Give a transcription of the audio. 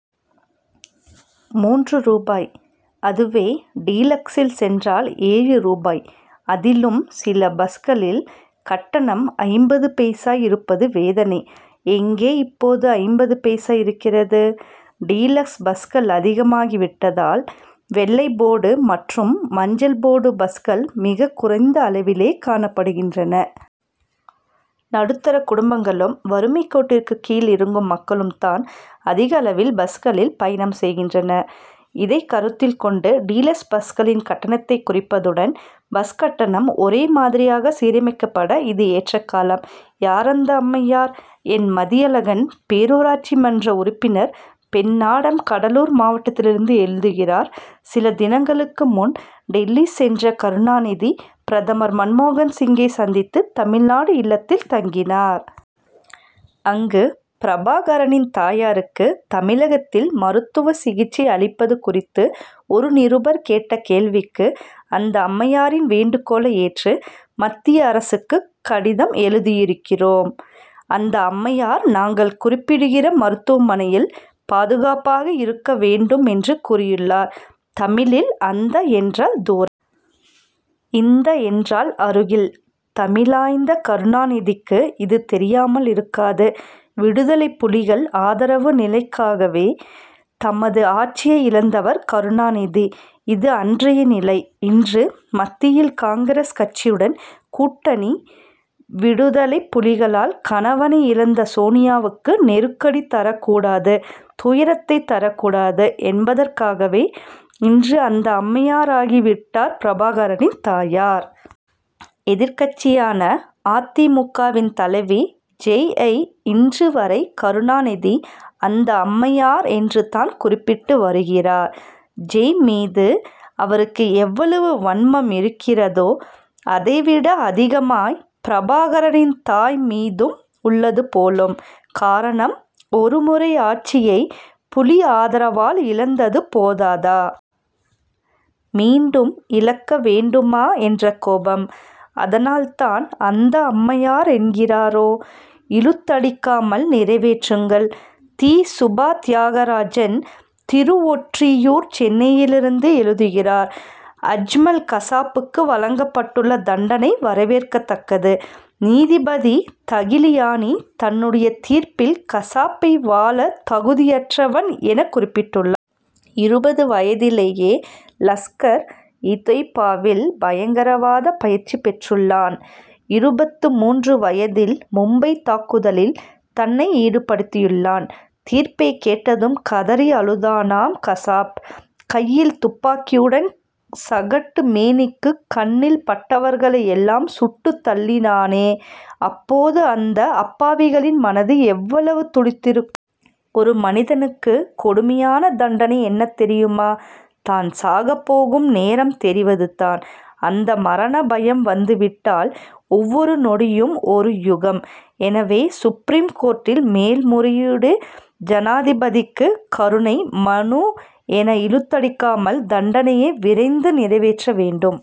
மூன்று ரூபாய் அதுவே டீலக்சில் சென்றால் ஏழு ரூபாய். அதிலும் சில பஸ்களில் கட்டணம் ஐம்பது பைசா இருப்பது வேதனை. எங்கே இப்போது ஐம்பது பைசா இருக்கிறது? டீலக்ஸ் பஸ்கள் அதிகமாகி விட்டதால் வெள்ளை போர்டு மற்றும் மஞ்சள் போர்டு பஸ்கள் மிகக்குறைந்த அளவிலே காணப்படுகின்றன. நடுத்தர குடும்பங்களும் வறுமைக் கோட்டிற்கு கீழ் இருக்கும் மக்களும் தான் அதிகளவில் பஸ்களில் பயணம் செய்கின்றனர். இதை கருத்தில் கொண்டு டீலக்ஸ் பஸ்களின் கட்டணத்தை குறைப்பதுடன் பஸ் கட்டணம் ஒரே மாதிரியாக சீரமைக்கப்பட இது ஏற்ற காலம். யார் அந்த அம்மையார்? என். மதியழகன் பேரூராட்சி மன்ற உறுப்பினர் பெண்ணாடம் கடலூர் மாவட்டத்திலிருந்து எழுதுகிறார் சில தினங்களுக்கு முன் டில்லி சென்ற கருணாநிதி பிரதமர் மன்மோகன் சிங்கை சந்தித்து தமிழ்நாடு இல்லத்தில் தங்கினார். அங்கு பிரபாகரனின் தாயாருக்கு தமிழகத்தில் மருத்துவ சிகிச்சை அளிப்பது குறித்து ஒரு நிருபர் கேட்ட கேள்விக்கு அந்த அம்மையாரின் வேண்டுகோளை ஏற்று மத்திய அரசுக்கு கடிதம் எழுதியிருக்கிறோம். அந்த அம்மையார் நாங்கள் குறிப்பிடுகிற மருத்துவமனையில் பாதுகாப்பாக இருக்க வேண்டும் என்று கூறியுள்ளார். தமிழில் அந்த என்றால் தூரம். இந்த என்றால் அருகில். தமிழாய்ந்த கருணாநிதிக்கு இது தெரியாமல் இருக்காது. விடுதலைப் புலிகள் ஆதரவு நிலைக்காகவே தமது ஆட்சியை இழந்தவர் கருணாநிதி இது அன்றைய நிலை. இன்று மத்தியில் காங்கிரஸ் கட்சியுடன் கூட்டணி விடுதலைப் புலிகளால் கணவனை இழந்த சோனியாவுக்கு நெருக்கடி தரக் கூடாது துயரத்தை தரக் கூடாது என்பதற்காகவே இன்று அந்த அம்மையாராகி விட்டார் பிரபாகரனின் தாயார். எதிர்க்கட்சியான அ. தி. மு. க.வின் தலைவி ஜெ.யை இன்று வரை கருணாநிதி அந்த அம்மையார் என்று தான் குறிப்பிட் டு வருகிறார். ஜெ. மீது அவருக்கு எவ்வளவு வன்மம் இருக்கிறதோ அதைவிட அதிகமாய் பிரபாகரனின் தாய் மீதும் உள்ளது போலும். காரணம் ஒருமுறை ஆட்சியை புலி ஆதரவால் இழந்தது போதாதா? மீண்டும் இழக்க வேண்டுமா என்ற கோபம். அதனால் தான் அந்த அம்மையார் என்கிறாரோ? இழுத்தடிக்காமல் நிறைவேற்றுங்கள்! தி. சுபா தியாகராஜன் திருவொற்றியூர் சென்னையிலிருந்து எழுதுகிறார் அஜ்மல் கசாப்புக்கு வழங்கப் பட்டுள்ள தண்டனை வரவேற்கத்தக்கது. நீதிபதி தகிலியானி தன்னுடைய தீர்ப்பில் கசாப்பை வாழ தகுதியற்றவன் எனக் குறிப்பிட்டுள்ளார். இருபது வயதிலேயே லஷ்கர் இ தொய் பாவில் பயங்கரவாத பயிற்சிப் பெற்றுள்ளான். இருபத்து மூன்று வயதில் மும்பை தாக்குதலில் தன்னை ஈடுபடுத்தியுள்ளான். தீர்ப்பைக் கேட்டதும் கதறி அழுதானாம் கசாப். கையில் துப்பாக்கியுடன் சகட்டு மேனிக்கு கண்ணில் பட்டவர்களை எல்லாம் சுட்டு தள்ளினானே அப்போது அந்த அப்பாவிகளின் மனது எவ்வளவு துடித்திருக்கும். ஒரு மனிதனுக்கு கொடுமையான தண்டனை என்ன தெரியுமா? தான் சாக போகும் நேரம் தெரிவது தான். அந்த மரணபயம் வந்து விட்டால் ஒவ்வொரு நொடியும் ஒரு யுகம். எனவே சுப்ரீம் கோர்ட்டில் மேல் முறையீடு ஜனாதிபதிக்கு கருணை மனு என இழுத்தடிக்காமல் தண்டனையை விரைந்து நிறைவேற்ற வேண்டும்.